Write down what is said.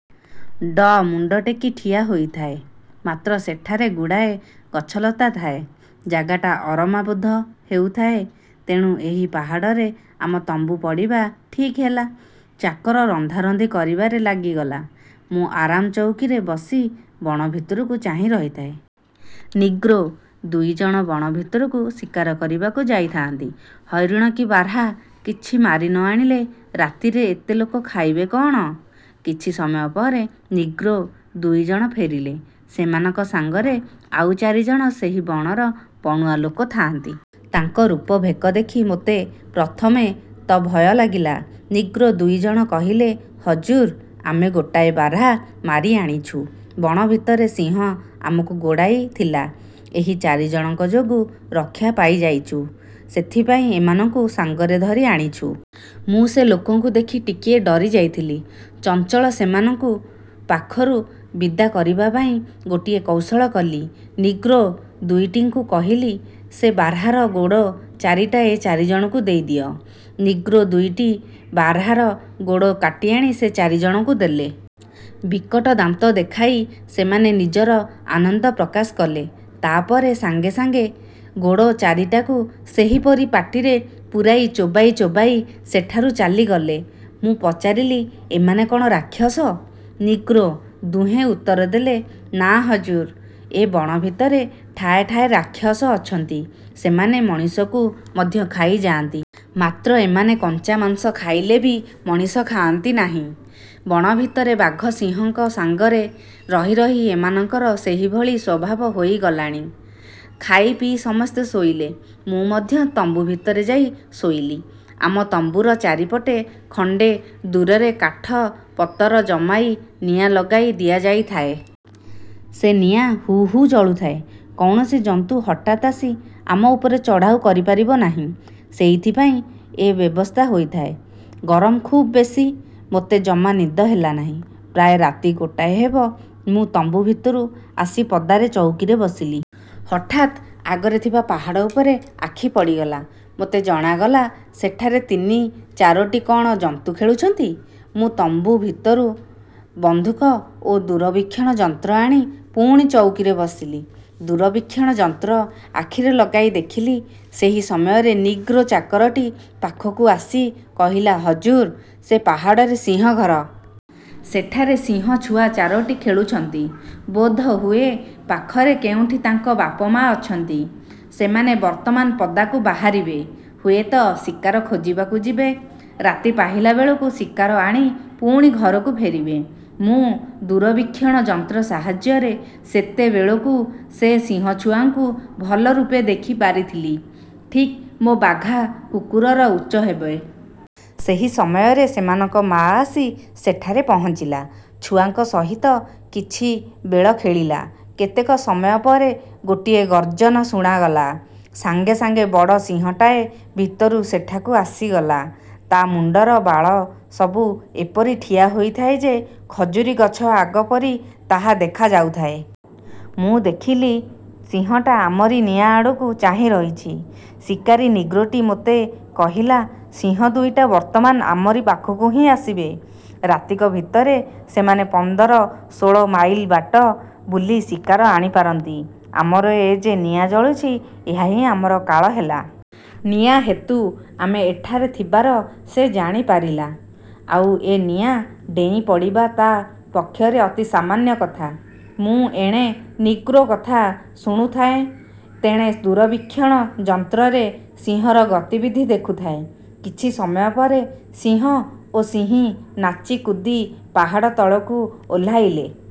ଡ଼ ମୁଣ୍ଡ ଟେକି ଠିଆ ହୋଇଥାଏ; ମାତ୍ର ସେଠାରେ ଗୁଡ଼ାଏ ଗଛଲତା ଥାଏ, ଜାଗାଟା ଅରମା ବୋଧ ହେଉଥାଏ। ତେଣୁ ଏହି ପାହାଡ଼ରେ ଆମ ତମ୍ବୁ ପଡ଼ିବା ଠିକ୍ ହେଲା। ଚାକର ରନ୍ଧାରନ୍ଧି କରିବାରେ ଲାଗିଗଲା। ମୁଁ ଆରାମ ଚଉକିରେ ବସି ବଣ ଭିତରକୁ ଚାହିଁ ରହିଥାଏ। ନିଗ୍ରୋ ଦୁଇ ଜଣ ବଣ ଭିତରକୁ ଶିକାର କରିବାକୁ ଯାଇଥାନ୍ତି। ହରିଣ କି ବାର୍ହା କିଛି ମାରି ନ ଆଣିଲେ ରାତିରେ ଏତେ ଲୋକ ଖାଇବେ କଅଣ? କିଛି ସମୟ ପରେ ନିଗ୍ରୋ ଦୁଇ ଜଣ ଫେରିଲେ। ସେମାନଙ୍କ ସାଙ୍ଗରେ ଆଉ ଚାରି ଜଣ ସେହି ବଣର ବଣୁଆ ଲୋକ ଥାଆନ୍ତି। ତାଙ୍କ ରୂପ ଭେକ ଦେଖି ମୋତେ ପ୍ରଥମେ ତ ଭୟ ଲାଗିଲା। ନିଗ୍ରୋ ଦୁଇ ଜଣ କହିଲେ, "ହଜୁର, ଆମେ ଗୋଟାଏ ବାର୍ହା ମାରି ଆଣିଛୁ। ବଣ ଭିତରେ ସିଂହ ଆମକୁ ଗୋଡ଼ାଇ ଥିଲା। ଏହି ଚାରିଜଣଙ୍କ ଯୋଗୁଁ ରକ୍ଷା ପାଇଯାଇଛୁ। ସେଇଥିପାଇଁ ଏମାନଙ୍କୁ ସାଙ୍ଗରେ ଧରି ଆଣିଛୁ। ମୁଁ ସେ ଲୋକଙ୍କୁ ଦେଖି ଟିକିଏ ଡରି ଯାଇଥିଲି। ଚଞ୍ଚଳ ସେମାନଙ୍କୁ ପାଖରୁ ବିଦା କରିଦେବା ପାଇଁ ଗୋଟାଏ କୌଶଳ କଲି। ନିଗ୍ରୋ ଦୁଇଟିଙ୍କୁ କହିଲି, ''ସେ ବାର୍ହାର ଗୋଡ଼ ଚାରିଟା ଏ ଚାରିଜଣଙ୍କୁ ଦେଇଦିଅ। '' ନିଗ୍ରୋ ଦୁଇଟି ବାର୍ହାର ଗୋଡ଼ କାଟିଆଣି ସେ ଚାରିଜଣଙ୍କୁ ଦେଲେ। ବିକଟ ଦାନ୍ତ ଦେଖାଇ ସେମାନେ ନିଜର ଆନନ୍ଦ ପ୍ରକାଶ କଲେ। ତା'ପରେ ସାଙ୍ଗେ ସାଙ୍ଗେ ଗୋଡ଼ ଚାରିଟାକୁ ସେହିପରି ପାଟିରେ ପୂରାଇ ଚୋବାଇ ଚୋବାଇ ସେଠାରୁ ଚାଲିଗଲେ। ମୁଁ ପଚାରିଲି-ଏମାନେ କ'ଣ ରାକ୍ଷସ? ନିଗ୍ରୋ। ଦୁହେଁ ଉତ୍ତର ଦେଲେ-''ନାଁ ହଜୁର, ଏ ବଣ ଭିତରେ ଠାଏଠାଏ ରାକ୍ଷସ ଅଛନ୍ତି; ସେମାନେ ମଣିଷକୁ ମଧ୍ୟ ଖାଇଯାଆନ୍ତି। ମାତ୍ର ଏମାନେ କଞ୍ଚା ମାଂସ ଖାଇଲେ ବି ମଣିଷ ଖାଆନ୍ତି ନାହିଁ। ବଣ ଭିତରେ ବାଘ ସିଂହଙ୍କ ସାଙ୍ଗରେ ରହି ରହି ଏମାନଙ୍କର ସେହିଭଳି ସ୍ୱଭାବ ହୋଇଗଲାଣି। '' ଖାଇପିଇ ସମସ୍ତେ ଶୋଇଲେ। ମୁଁ ମଧ୍ୟ ତମ୍ବୁ ଭିତରେ ଯାଇ ଶୋଇଲି। ଆମ ତମ୍ବୁର ଚାରିପଟେ ଖଣ୍ଡେ ଦୂରରେ କାଠ ପତର ଜମାଇ ନିଆଁ ଲଗାଇ ଦିଆଯାଇଥାଏ। ସେ ନିଆଁ ହୁ ହୁ ଜଳୁଥାଏ। କୌଣସି ଜନ୍ତୁ ହଠାତ୍ ଆସି ଆମ ଉପରେ ଚଢ଼ାଉ କରିପାରିବ ନାହିଁ-ସେଇଥିପାଇଁ ଏ ବ୍ୟବସ୍ଥା ହୋଇଥାଏ। ଗରମ ଖୁବ ବେଶି; ମୋତେ ଜମା ନିଦ ହେଲା ନାହିଁ। ପ୍ରାୟ ରାତି ଗୋଟାଏ ହେବ, ମୁଁ ତମ୍ବୁ ଭିତରୁ ଆସି ପଦାରେ ଚଉକିରେ ବସିଲି। ହଠାତ୍ ଆଗରେ ଥିବା ପାହାଡ଼ ଉପରେ ଆଖି ପଡ଼ିଗଲା। ମୋତେ ଜଣାଗଲା, ସେଠାରେ ତିନି ଚାରୋଟି କ'ଣ ଜନ୍ତୁ ଖେଳୁଛନ୍ତି। ମୁଁ ତମ୍ବୁ ଭିତରୁ ବନ୍ଧୁକ ଓ ଦୂରବୀକ୍ଷଣ ଯନ୍ତ୍ର ଆଣି ପୁଣି ଚଉକିରେ ବସିଲି। ଦୂରବୀକ୍ଷଣ ଯନ୍ତ୍ର ଆଖିରେ ଲଗାଇ ଦେଖିଲି। ସେହି ସମୟରେ ନିଗ୍ରୋ ଚାକରଟି ପାଖକୁ ଆସି କହିଲା, "ହଜୁର, ସେ ପାହାଡ଼ରେ ସିଂହ ଘର। ସେଠାରେ ସିଂହଛୁଆ ଚାରୋଟି ଖେଳୁଛନ୍ତି। ବୋଧହୁଏ ପାଖରେ କେଉଁଠି ତାଙ୍କ ବାପ ମା' ଅଛନ୍ତି। ସେମାନେ ବର୍ତ୍ତମାନ ପଦାକୁ ବାହାରିବେ; ହୁଏତ ଶିକାର ଖୋଜିବାକୁ ଯିବେ। ରାତି ପାହିଲାବେଳକୁ ଶିକାର ଆଣି ପୁଣି ଘରକୁ ଫେରିବେ। ମୁଁ ଦୂରବୀକ୍ଷଣ ଯନ୍ତ୍ର ସାହାଯ୍ୟରେ ସେତେବେଳକୁ ସେ ସିଂହଛୁଆଙ୍କୁ ଭଲରୂପେ ଦେଖିପାରିଥିଲି-ଠିକ ମୋ ବାଘା କୁକୁରର ଉଚ୍ଚ ହେବେ। ସେହି ସମୟରେ ସେମାନଙ୍କ ମା' ଆସି ସେଠାରେ ପହଞ୍ଚିଲା। ଛୁଆଙ୍କ ସହିତ କିଛି ବେଳ ଖେଳିଲା। କେତେକ ସମୟ ପରେ ଗୋଟାଏ ଗର୍ଜନ ଶୁଣାଗଲା। ସାଙ୍ଗେ ସାଙ୍ଗେ ବଡ଼ ସିଂହଟାଏ ଭିତରୁ ସେଠାକୁ ଆସିଗଲା। ତା' ମୁଣ୍ଡର ବାଳସବୁ ଏପରି ଠିଆ ହୋଇଥାଏ ଯେ, ଖଜୁରୀ ଗଛ ଅଗ ପରି ତାହା ଦେଖା ଯାଉଥାଏ। ମୁଁ ଦେଖିଲି, ସିଂହଟା ଆମରି ନିଆଁ ଆଡ଼କୁ ଚାହିଁରହିଛି। ଶିକାରୀ ନିଗ୍ରୋଟି ମୋତେ କହିଲା, ''ସିଂହ ଦୁଇଟା ବର୍ତ୍ତମାନ ଆମରି ପାଖକୁ ହିଁ ଆସିବେ। ରାତିକ ଭିତରେ ସେମାନେ ପନ୍ଦର ଷୋଳ ମାଇଲ ବାଟ ବୁଲି ଶିକାର ଆଣିପାରନ୍ତି। ଆମର ଏ ଯେ ନିଆଁ ଜଳୁଛି, ଏହା ହିଁ ଆମର କାଳ ହେଲା। ନିଆଁ ହେତୁ ଆମେ ଏଠାରେ ଥିବାର ସେ ଜାଣିପାରିଲା। ଆଉ, ଏ ନିଆଁ ଡେଇଁପଡ଼ିବା ତା' ପକ୍ଷରେ ଅତି ସାମାନ୍ୟ କଥା। ମୁଁ ଏଣେ ନିଗ୍ରୋ କଥା ଶୁଣୁଥାଏଁ, ତେଣେ ଦୂରବୀକ୍ଷଣ ଯନ୍ତ୍ରରେ ସିଂହର ଗତିବିଧି ଦେଖୁଥାଏ। କିଛି ସମୟ ପରେ ସିଂହ ଓ ସିଂହୀ ନାଚିକୁଦି ପାହାଡ଼ ତଳକୁ ଓହ୍ଲାଇଲେ।